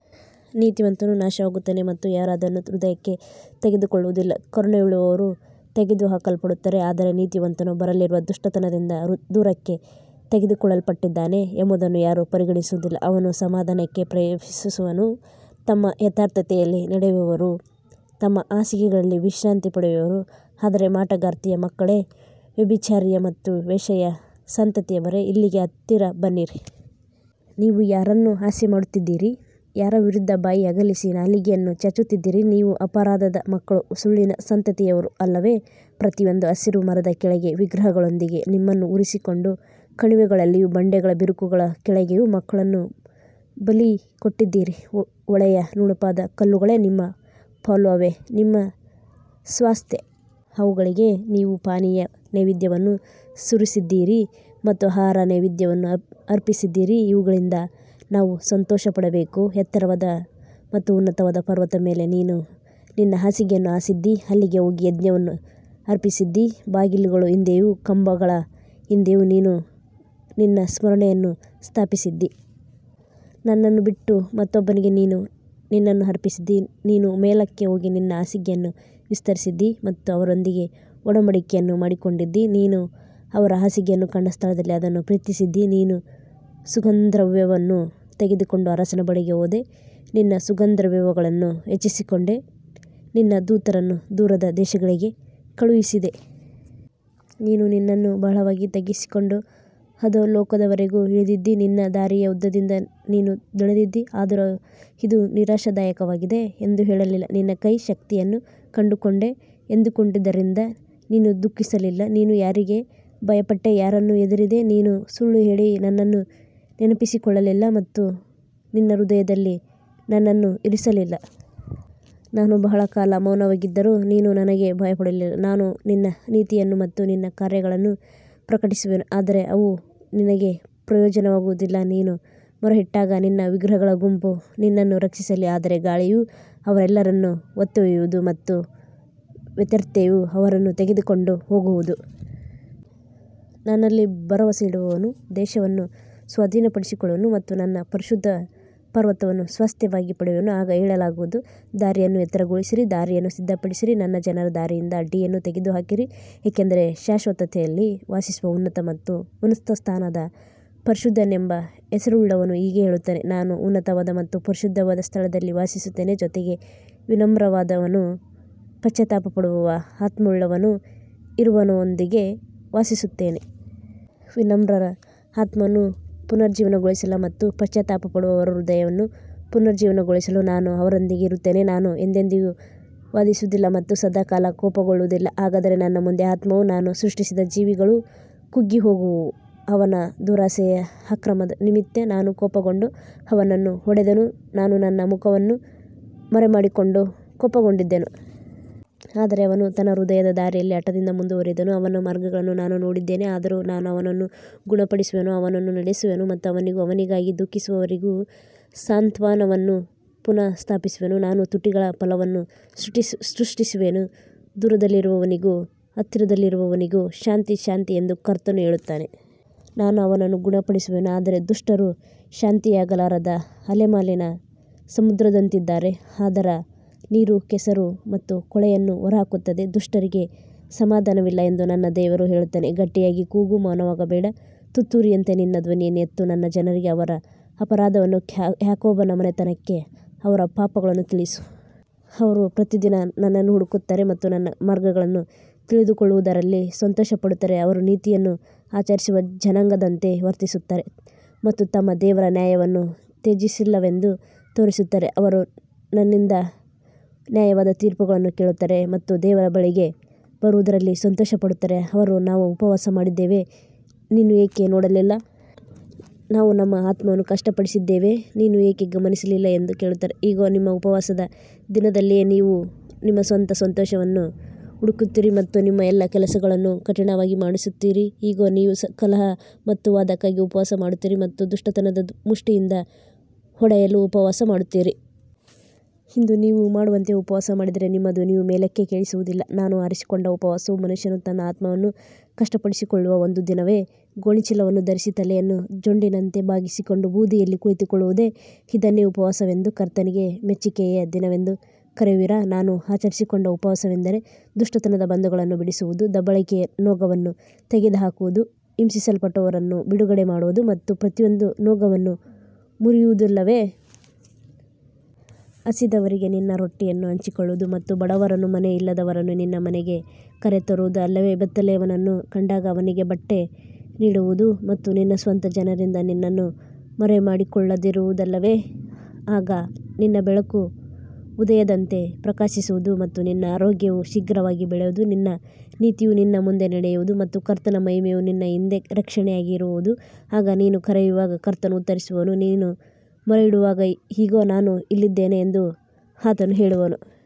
ನೀತಿವಂತನು ನಾಶವಾಗುತ್ತಾನೆ ಮತ್ತು ಯಾರೂ ಅದನ್ನು ಹೃದಯಕ್ಕೆ ತೆಗೆದುಕೊಳ್ಳುವುದಿಲ್ಲ. ಕರುಣೆಯುಳ್ಳವರು ತೆಗೆದುಹಾಕಲ್ಪಡುತ್ತಾರೆ, ಆದರೆ ನೀತಿವಂತನು ಬರಲಿರುವ ದುಷ್ಟತನದಿಂದ ದೂರಕ್ಕೆ ತೆಗೆದುಕೊಳ್ಳಲ್ಪಟ್ಟಿದ್ದಾನೆ ಎಂಬುದನ್ನು ಯಾರೂ ಪರಿಗಣಿಸುವುದಿಲ್ಲ. ಅವನು ಸಮಾಧಾನಕ್ಕೆ ಪ್ರವೇಶಿಸುವನು. ತಮ್ಮ ಯಥಾರ್ಥತೆಯಲ್ಲಿ ನಡೆಯುವವರು ತಮ್ಮ ಹಾಸಿಗೆಗಳಲ್ಲಿ ವಿಶ್ರಾಂತಿ ಪಡೆಯುವರು. ಆದರೆ ಮಾಟಗಾರ್ತಿಯ ಮಕ್ಕಳೇ, ವ್ಯಭಿಚಾರಿಯ ಮತ್ತು ವೇಶ್ಯೆಯ ಸಂತತಿಯವರೇ, ಇಲ್ಲಿಗೆ ಹತ್ತಿರ ಬನ್ನಿರಿ. ನೀವು ಯಾರನ್ನು ಹಾಸ್ಯಮಾಡುತ್ತಿದ್ದೀರಿ? ಯಾರ ವಿರುದ್ಧ ಬಾಯಿ ಅಗಲಿಸಿ ನಾಲಿಗೆಯನ್ನು ಚಾಚುತ್ತಿದ್ದೀರಿ? ನೀವು ಅಪರಾಧದ ಮಕ್ಕಳೂ ಸುಳ್ಳಿನ ಸಂತತಿಯವರೂ ಅಲ್ಲವೇ? ಪ್ರತಿಯೊಂದು ಹಸಿರು ಮರದ ಕೆಳಗೆ ವಿಗ್ರಹಗಳೊಂದಿಗೆ ನಿಮ್ಮನ್ನು ಉರಿಸಿಕೊಂಡು, ಕಣಿವೆಗಳಲ್ಲಿಯೂ ಬಂಡೆಗಳ ಬಿರುಕುಗಳ ಕೆಳಗೆಯೂ ಮಕ್ಕಳನ್ನು ಬಲಿಕೊಟ್ಟಿದ್ದೀರಿ. ಹೊಳೆಯ ನುಣುಪಾದ ಕಲ್ಲುಗಳೇ ನಿಮ್ಮ ಪಾಲು; ಅವೇ ನಿಮ್ಮ ಸ್ವಾಸ್ತ್ಯ. ಅವುಗಳಿಗೆ ನೀವು ಪಾನೀಯ ನೈವೇದ್ಯವನ್ನು ಸುರಿಸಿದ್ದೀರಿ ಮತ್ತು ಆಹಾರ ನೈವೇದ್ಯವನ್ನು ಅರ್ಪಿಸಿದ್ದೀರಿ. ಇವುಗಳಿಂದ ನಾನು ಸಂತೋಷಪಡಬೇಕೇ? ಎತ್ತರವಾದ ಮತ್ತು ಉನ್ನತವಾದ ಪರ್ವತದ ಮೇಲೆ ನೀನು ನಿನ್ನ ಹಾಸಿಗೆಯನ್ನು ಹಾಸಿದ್ದೀ. ಅಲ್ಲಿಗೆ ಹೋಗಿ ಯಜ್ಞವನ್ನು ಅರ್ಪಿಸಿದ್ದೀ. ಬಾಗಿಲುಗಳ ಹಿಂದೆಯೂ ಕಂಬಗಳ ಹಿಂದೆಯೂ ನೀನು ನಿನ್ನ ಸ್ಮರಣೆಯನ್ನು ಸ್ಥಾಪಿಸಿದ್ದೀ. ನನ್ನನ್ನು ಬಿಟ್ಟು ಮತ್ತೊಬ್ಬನಿಗೆ ನೀನು ನಿನ್ನನ್ನು ಅರ್ಪಿಸಿದ್ದೀ. ನೀನು ಮೇಲಕ್ಕೆ ಹೋಗಿ ನಿನ್ನ ಹಾಸಿಗೆಯನ್ನು ವಿಸ್ತರಿಸಿದ್ದೀ ಮತ್ತು ಅವರೊಂದಿಗೆ ಒಡಂಬಡಿಕೆಯನ್ನು ಮಾಡಿಕೊಂಡಿದ್ದೀ. ನೀನು ಅವರ ಹಾಸಿಗೆಯನ್ನು ಕಂಡ ಸ್ಥಳದಲ್ಲಿ ಅದನ್ನು ಪ್ರೀತಿಸಿದ್ದೀ. ನೀನು ಸುಗಂಧದ್ರವ್ಯವನ್ನು ತೆಗೆದುಕೊಂಡು ಅರಸನ ಬಳಿಗೆ ಹೋದೆ. ನಿನ್ನ ಸುಗಂಧದ್ರವ್ಯಗಳನ್ನು ಹೆಚ್ಚಿಸಿಕೊಂಡೆ. ನಿನ್ನ ದೂತರನ್ನು ದೂರದ ದೇಶಗಳಿಗೆ ಕಳುಹಿಸಿದೆ. ನೀನು ನಿನ್ನನ್ನು ಬಹಳವಾಗಿ ತಗ್ಗಿಸಿಕೊಂಡು ಅಧೋಲೋಕದವರೆಗೂ ಇಳಿದಿದ್ದೀ. ನಿನ್ನ ದಾರಿಯ ಉದ್ದದಿಂದ ನೀನು ದಣಿದಿದ್ದೀ, ಆದರೂ ಇದು ನಿರಾಶಾದಾಯಕವಾಗಿದೆ ಎಂದು ಹೇಳಲಿಲ್ಲ. ನಿನ್ನ ಕೈಯ ಶಕ್ತಿಯನ್ನು ಕಂಡುಕೊಂಡೆ ಎಂದುಕೊಂಡದ್ದರಿಂದ ನೀನು ದುಃಖಿಸಲಿಲ್ಲ. ನೀನು ಯಾರಿಗೆ ಭಯಪಟ್ಟೆ? ಯಾರನ್ನು ಹೆದರಿದೆ? ನೀನು ಸುಳ್ಳು ಹೇಳಿ ನನ್ನನ್ನು ನೆನಪಿಸಿಕೊಳ್ಳಲಿಲ್ಲ ಮತ್ತು ನಿನ್ನ ಹೃದಯದಲ್ಲಿ ನನ್ನನ್ನು ಇರಿಸಲಿಲ್ಲ. ನಾನು ಬಹಳ ಕಾಲ ಮೌನವಾಗಿದ್ದರೂ ನೀನು ನನಗೆ ಭಯಪಡಲಿಲ್ಲ. ನಾನು ನಿನ್ನ ನೀತಿಯನ್ನು ಮತ್ತು ನಿನ್ನ ಕಾರ್ಯಗಳನ್ನು ಪ್ರಕಟಿಸುವೆನು, ಆದರೆ ಅವು ನಿನಗೆ ಪ್ರಯೋಜನವಾಗುವುದಿಲ್ಲ. ನೀನು ಮೊರೆಯಿಟ್ಟಾಗ ನಿನ್ನ ವಿಗ್ರಹಗಳ ಗುಂಪು ನಿನ್ನನ್ನು ರಕ್ಷಿಸಲಿ. ಆದರೆ ಗಾಳಿಯು ಅವರೆಲ್ಲರನ್ನು ಹೊತ್ತೊಯ್ಯುವುದು ಮತ್ತು ವ್ಯರ್ಥತೆಯು ಅವರನ್ನು ತೆಗೆದುಕೊಂಡು ಹೋಗುವುದು. ನನ್ನಲ್ಲಿ ಭರವಸೆಯಿಡುವವನು ದೇಶವನ್ನು ಸ್ವಾಧೀನಪಡಿಸಿಕೊಳ್ಳುವನು ಮತ್ತು ನನ್ನ ಪರಿಶುದ್ಧ ಪರ್ವತವನ್ನು ಸ್ವಾಸ್ತ್ಯವಾಗಿ ಪಡೆಯುವನು. ಆಗ ಹೇಳಲಾಗುವುದು: ದಾರಿಯನ್ನು ಎತ್ತರಗೊಳಿಸಿರಿ, ದಾರಿಯನ್ನು ಸಿದ್ಧಪಡಿಸಿರಿ, ನನ್ನ ಜನರ ದಾರಿಯಿಂದ ಅಡ್ಡಿಯನ್ನು ತೆಗೆದುಹಾಕಿರಿ. ಏಕೆಂದರೆ ಶಾಶ್ವತತೆಯಲ್ಲಿ ವಾಸಿಸುವ ಉನ್ನತ ಮತ್ತು ಉನ್ನತಸ್ಥನಾದ, ಪರಿಶುದ್ಧನೆಂಬ ಹೆಸರುಳ್ಳವನು ಹೀಗೆ ಹೇಳುತ್ತಾನೆ: ನಾನು ಉನ್ನತವಾದ ಮತ್ತು ಪರಿಶುದ್ಧವಾದ ಸ್ಥಳದಲ್ಲಿ ವಾಸಿಸುತ್ತೇನೆ; ಜೊತೆಗೆ ವಿನಮ್ರನಾದವನೂ ಪಶ್ಚಾತ್ತಾಪಪಡುವ ಆತ್ಮವುಳ್ಳವನೂ ಇರುವವನೊಂದಿಗೆ ವಾಸಿಸುತ್ತೇನೆ. ವಿನಮ್ರರ ಆತ್ಮವನ್ನು ಪುನರುಜ್ಜೀವನಗೊಳಿಸಲು ಮತ್ತು ಪಶ್ಚಾತ್ತಾಪಪಡುವವರ ಹೃದಯವನ್ನು ಪುನರುಜ್ಜೀವನಗೊಳಿಸಲು ನಾನು ಅವರೊಂದಿಗೆ ಇರುತ್ತೇನೆ. ನಾನು ಎಂದೆಂದಿಗೂ ವಾದಿಸುವುದಿಲ್ಲ ಮತ್ತು ಸದಾಕಾಲ ಕೋಪಗೊಳ್ಳುವುದಿಲ್ಲ. ಹಾಗಾದರೆ ನನ್ನ ಮುಂದೆ ಆತ್ಮವೂ ನಾನು ಸೃಷ್ಟಿಸಿದ ಜೀವಿಗಳೂ ಕುಗ್ಗಿಹೋಗುವವು. ಅವನ ದುರಾಸೆಯ ಅಕ್ರಮದ ನಿಮಿತ್ತ ನಾನು ಕೋಪಗೊಂಡು ಅವನನ್ನು ಹೊಡೆದೆನು. ನಾನು ನನ್ನ ಮುಖವನ್ನು ಮರೆಮಾಡಿಕೊಂಡು ಕೋಪಗೊಂಡಿದ್ದೆನು. ಆದರೆ ಅವನು ತನ್ನ ಹೃದಯದ ದಾರಿಯಲ್ಲಿ ಹಠದಿಂದ ಮುಂದುವರಿದನು. ಅವನ ಮಾರ್ಗಗಳನ್ನು ನಾನು ನೋಡಿದ್ದೇನೆ. ಆದರೂ ನಾನು ಅವನನ್ನು ಗುಣಪಡಿಸುವೆನು. ಅವನನ್ನು ನಡೆಸುವೆನು ಮತ್ತು ಅವನಿಗೂ ಅವನಿಗಾಗಿ ದುಃಖಿಸುವವರಿಗೂ ಸಾಂತ್ವನವನ್ನು ಪುನಃಸ್ಥಾಪಿಸುವೆನು. ನಾನು ತುಟಿಗಳ ಫಲವನ್ನು ಸೃಷ್ಟಿಸುವೆನು. ದೂರದಲ್ಲಿರುವವನಿಗೂ ಹತ್ತಿರದಲ್ಲಿರುವವನಿಗೂ ಶಾಂತಿ, ಶಾಂತಿ ಎಂದು ಕರ್ತನು ಹೇಳುತ್ತಾನೆ. ನಾನು ಅವನನ್ನು ಗುಣಪಡಿಸುವೆನು. ಆದರೆ ದುಷ್ಟರು ಶಾಂತಿಯಾಗಲಾರದ ಅಲೆಮಾಲಿನ ಸಮುದ್ರದಂತಿದ್ದಾರೆ. ಅದರ ನೀರು ಕೆಸರು ಮತ್ತು ಕೊಳೆಯನ್ನು ಹೊರಹಾಕುತ್ತದೆ. ದುಷ್ಟರಿಗೆ ಸಮಾಧಾನವಿಲ್ಲ ಎಂದು ನನ್ನ ದೇವರು ಹೇಳುತ್ತಾನೆ. ಗಟ್ಟಿಯಾಗಿ ಕೂಗು, ಮೌನವಾಗಬೇಡ. ತುತ್ತೂರಿಯಂತೆ ನಿನ್ನ ಧ್ವನಿಯನ್ನು ಎತ್ತು. ನನ್ನ ಜನರಿಗೆ ಅವರ ಅಪರಾಧವನ್ನೂ ಯಾಕೋಬನ ಮನೆತನಕ್ಕೆ ಅವರ ಪಾಪಗಳನ್ನೂ ತಿಳಿಸು. ಅವರು ಪ್ರತಿದಿನ ನನ್ನನ್ನು ಹುಡುಕುತ್ತಾರೆ ಮತ್ತು ನನ್ನ ಮಾರ್ಗಗಳನ್ನು ತಿಳಿದುಕೊಳ್ಳುವುದರಲ್ಲಿ ಸಂತೋಷಪಡುತ್ತಾರೆ. ಅವರು ನೀತಿಯನ್ನು ಆಚರಿಸುವ ಜನಾಂಗದಂತೆ ವರ್ತಿಸುತ್ತಾರೆ ಮತ್ತು ತಮ್ಮ ದೇವರ ನ್ಯಾಯವನ್ನು ತ್ಯಜಿಸಿಲ್ಲವೆಂದು ತೋರಿಸುತ್ತಾರೆ. ಅವರು ನನ್ನಿಂದ ನ್ಯಾಯವಾದ ತೀರ್ಪುಗಳನ್ನು ಕೇಳುತ್ತಾರೆ ಮತ್ತು ದೇವರ ಬಳಿಗೆ ಬರುವುದರಲ್ಲಿ ಸಂತೋಷಪಡುತ್ತಾರೆ. ಅವರು, ನಾವು ಉಪವಾಸ ಮಾಡಿದ್ದೇವೆ, ನೀನು ಏಕೆ ನೋಡಲಿಲ್ಲ? ನಾವು ನಮ್ಮ ಆತ್ಮವನ್ನು ಕಷ್ಟಪಡಿಸಿದ್ದೇವೆ, ನೀನು ಏಕೆ ಗಮನಿಸಲಿಲ್ಲ? ಎಂದು ಕೇಳುತ್ತಾರೆ. ಇಗೋ, ನಿಮ್ಮ ಉಪವಾಸದ ದಿನದಲ್ಲಿಯೇ ನೀವು ನಿಮ್ಮ ಸ್ವಂತ ಸಂತೋಷವನ್ನು ಹುಡುಕುತ್ತೀರಿ ಮತ್ತು ನಿಮ್ಮ ಎಲ್ಲಾ ಕೆಲಸಗಳನ್ನು ಕಠಿಣವಾಗಿ ಮಾಡಿಸುತ್ತೀರಿ. ಇಗೋ, ನೀವು ಕಲಹ ಮತ್ತು ವಾದಕ್ಕಾಗಿ ಉಪವಾಸ ಮಾಡುತ್ತೀರಿ ಮತ್ತು ದುಷ್ಟತನದ ಮುಷ್ಟಿಯಿಂದ ಹೊಡೆಯಲು ಉಪವಾಸ ಮಾಡುತ್ತೀರಿ. ಇಂದು ನೀವು ಮಾಡುವಂತೆ ಉಪವಾಸ ಮಾಡಿದರೆ ನಿಮ್ಮ ಧ್ವನಿಯು ಮೇಲಕ್ಕೆ ಕೇಳಿಸುವುದಿಲ್ಲ. ನಾನು ಆರಿಸಿಕೊಂಡ ಉಪವಾಸವು ಮನುಷ್ಯನು ತನ್ನ ಆತ್ಮವನ್ನು ಕಷ್ಟಪಡಿಸಿಕೊಳ್ಳುವ ಒಂದು ದಿನವೇ? ಗೋಣಿಚೀಲವನ್ನು ಧರಿಸಿ ತಲೆಯನ್ನು ಜೊಂಡಿನಂತೆ ಬಾಗಿಸಿಕೊಂಡು ಬೂದಿಯಲ್ಲಿ ಕುಳಿತುಕೊಳ್ಳುವುದೇ? ಇದನ್ನೇ ಉಪವಾಸವೆಂದೂ ಕರ್ತನಿಗೆ ಮೆಚ್ಚಿಕೆಯ ದಿನವೆಂದೂ ಕರೆಯುವಿರಾ? ನಾನು ಆರಿಸಿಕೊಂಡ ಉಪವಾಸವೆಂದರೆ ದುಷ್ಟತನದ ಬಂಧನಗಳನ್ನು ಬಿಡಿಸುವುದು, ದಬ್ಬಾಳಿಕೆಯ ನೊಗವನ್ನು ತೆಗೆದುಹಾಕುವುದು, ಹಿಂಸಿಸಲ್ಪಟ್ಟವರನ್ನು ಬಿಡುಗಡೆ ಮಾಡುವುದು ಮತ್ತು ಪ್ರತಿಯೊಂದು ನೊಗವನ್ನು ಮುರಿಯುವುದಲ್ಲವೇ? ಹಸಿದವರಿಗೆ ನಿನ್ನ ರೊಟ್ಟಿಯನ್ನು ಹಂಚಿಕೊಳ್ಳುವುದು ಮತ್ತು ಬಡವರನ್ನೂ ಮನೆ ಇಲ್ಲದವರನ್ನೂ ನಿನ್ನ ಮನೆಗೆ ಕರೆತರುವುದು ಅಲ್ಲವೇ? ಬೆತ್ತಲೆಯವನನ್ನು ಕಂಡಾಗ ಅವನಿಗೆ ಬಟ್ಟೆ ನೀಡುವುದು ಮತ್ತು ನಿನ್ನ ಸ್ವಂತ ಜನರಿಂದ ನಿನ್ನನ್ನು ಮರೆಮಾಡಿಕೊಳ್ಳದಿರುವುದಲ್ಲವೇ? ಆಗ ನಿನ್ನ ಬೆಳಕು ಉದಯದಂತೆ ಪ್ರಕಾಶಿಸುವುದು ಮತ್ತು ನಿನ್ನ ಆರೋಗ್ಯವು ಶೀಘ್ರವಾಗಿ ಬೆಳೆಯುವುದು. ನಿನ್ನ ನೀತಿಯು ನಿನ್ನ ಮುಂದೆ ನಡೆಯುವುದು ಮತ್ತು ಕರ್ತನ ಮಹಿಮೆಯು ನಿನ್ನ ಹಿಂದೆ ರಕ್ಷಣೆಯಾಗಿ ಇರುವದು. ಆಗ ನೀನು ಕರೆಯುವಾಗ ಕರ್ತನು ಉತ್ತರಿಸುವನು. ನೀನು ಮೊರೆಯಿಡುವಾಗ, ಇಗೋ, ನಾನು ಇಲ್ಲಿದ್ದೇನೆ ಎಂದು ಆತನು ಹೇಳುವನು.